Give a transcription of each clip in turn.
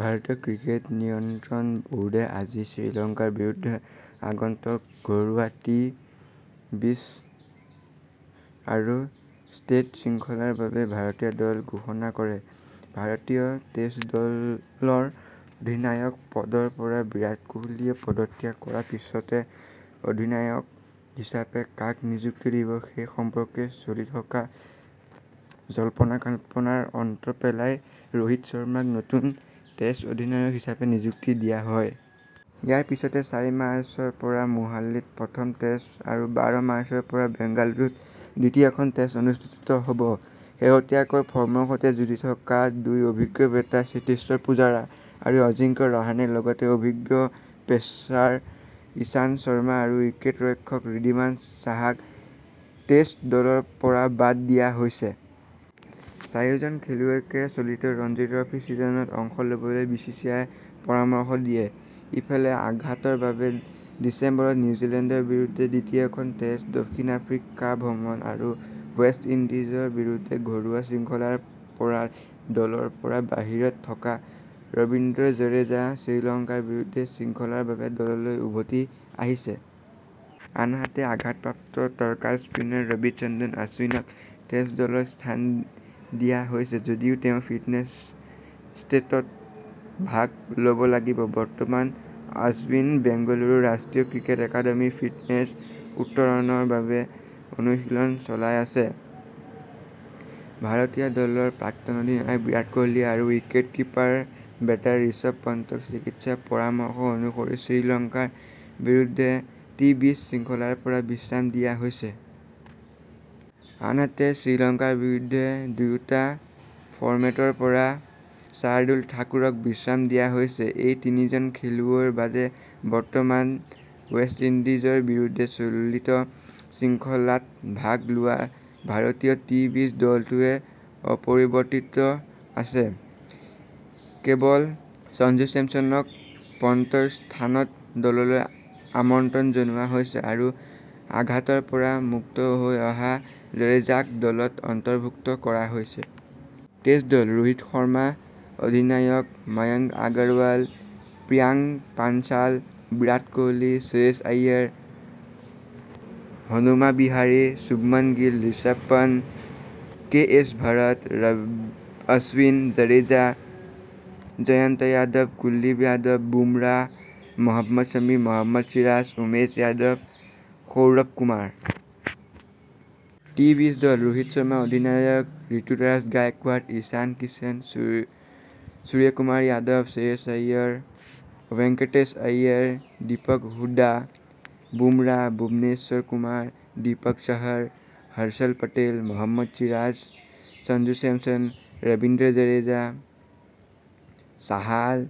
ভাৰতীয় ক্ৰিকেট নিয়ন্ত্ৰণ বোৰ্ডে আজি শ্ৰীলংকাৰ বিৰুদ্ধে আগন্তুক ঘৰুৱা টি-বিছ আৰু টেষ্ট শৃংখলাৰ বাবে ভাৰতীয় দল ঘোষণা কৰে। ভাৰতীয় ষ্টেট দলৰ অধিনায়ক পদৰ পৰা বিৰাট কোহলীয়ে পদত্যাগ কৰাৰ পিছতে অধিনায়ক হিচাপে কাক নিযুক্তি দিব সেই সম্পৰ্কে চলি থকা জল্পনা-কল্পনাৰ অন্ত পেলাই ৰোহিত শৰ্মাক নতুন টেষ্ট অধিনায়ক হিচাপে নিযুক্তি দিয়া হয়। ইয়াৰ পিছতে চাৰি মাৰ্চৰ পৰা মোহালিত প্ৰথম টেষ্ট আৰু বাৰ মাৰ্চৰ পৰা বাংগালুৰুত দ্বিতীয়খন টেষ্ট অনুষ্ঠিত হব। শেহতীয়াকৈ ফৰ্মৰ সৈতে যুঁজি থকা দুই অভিজ্ঞ বেটাৰ চেতেশ্বৰ পূজাৰা আৰু আজিংক্য ৰাহানেৰ লগতে অভিজ্ঞ পেচাৰ ইশান্ত শৰ্মা আৰু উইকেট ৰক্ষক ঋদ্ধিমান সাহাক টেষ্ট দলৰ পৰা বাদ দিয়া হৈছে। চাৰিওজন খেলুৱৈকে চলিত ৰঞ্জী ট্ৰফী ছিজনত অংশ লবলৈ বিচিচিআইয়ে পৰামৰ্শ দিয়ে। ইফালে আঘাতৰ বাবে ডিচেম্বৰত নিউজিলেণ্ডৰ বিৰুদ্ধে দ্বিতীয় খন টেষ্ট, দক্ষিণ আফ্ৰিকা ভ্ৰমণ আৰু ৱেষ্ট ইণ্ডিজৰ বিৰুদ্ধে ঘৰুৱা শৃংখলাৰ পৰা দলৰ পৰা বাহিৰত থকা ৰবীন্দ্ৰ জাদেজা শ্ৰীলংকাৰ বিৰুদ্ধে শৃংখলাৰ বাবে দললৈ উভতি আহিছে। আনহাতে আঘাতপ্ৰাপ্ত তৰকা স্পিনাৰ ৰবিচন্দ্ৰন আশ্বিনক টেষ্ট দলত স্থান দিয়া হৈছে যদিও তেওঁ ফিটনেছ ষ্টেটত ভাগ লব লাগিব। বৰ্তমান আশ্বিন বাংগালুৰুৰ ৰাষ্ট্ৰীয় ক্ৰিকেট একাডেমীত ফিটনেছ উত্তৰণৰ বাবে অনুশীলন চলাই আছে। ভাৰতীয় দলৰ প্ৰাক্তন অধিনায়ক বিৰাট কোহলী আৰু উইকেটকিপাৰ বেটাৰ ঋষভ পন্তক চিকিৎসক পৰামৰ্শ অনুসৰি শ্ৰীলংকাৰ বিৰুদ্ধে টি-বিছ শৃংখলাৰ পৰা বিশ্ৰাম দিয়া হৈছে। আনহাতে শ্ৰীলংকাৰ বিৰুদ্ধে দুয়োটা ফৰ্মেটৰ পৰা শাৰ্দুল ঠাকুৰক বিশ্ৰাম দিয়া হৈছে। এই তিনিজন খেলুৱৈৰ বাদে বৰ্তমান ৱেষ্ট ইণ্ডিজৰ বিৰুদ্ধে চলিত শৃংখলাত ভাগ লোৱা ভাৰতীয় টি-বিছ দলটোৱেই অপৰিৱৰ্তিত আছে। কেৱল সঞ্জু চেমছনক পন্তৰ স্থানত দললৈ আমন্ত্ৰণ জনোৱা হৈছে আৰু আঘাতৰ পৰা মুক্ত হৈ অহা জাদেজাক দলত অন্তৰ্ভুক্ত কৰা হৈছে। টেষ্ট দলঃ ৰোহিত শৰ্মা অধিনায়ক, মায়াংক আগৰৱাল, প্ৰিয়াংক পাঞ্চাল, বিৰাট কোহলী, শ্ৰেয়স আয়াৰ, হনুমা বিহাৰী, শুভমন গিল, ঋষভ পন্ত, কে এছ ভৰত, অশ্বিন, জাদেজা, জয়ন্ত য়াদৱ, কুলদীপ য়াদৱ, বুমৰাহ, মহম্মদ ছামী, মহম্মদ চিৰাজ, উমেশ যাদৱ, সৌৰভ কুমাৰ। টি-বিছ দলঃ ৰোহিত শৰ্মা অধিনায়ক, ৰিতুৰাজ গায়কোৱাড, ঈশান কিষণ, সূৰ্যকুমাৰ যাদৱ, শ্ৰেয়স আয়াৰ, ভেঙ্কটেশ আয়াৰ, দীপক হুডা, বুমৰাহ, ভুৱনেশ্বৰ কুমাৰ, দীপক চাহাৰ, হৰ্ষল পেটেল, মহম্মদ চিৰাজ, সঞ্জু চেমছন, ৰবীন্দ্ৰ জাদেজা, চাহাল,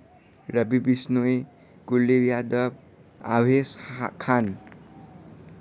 ৰবি বিষ্ণৈ, কুলদীপ যাদৱ, আভেশ খান।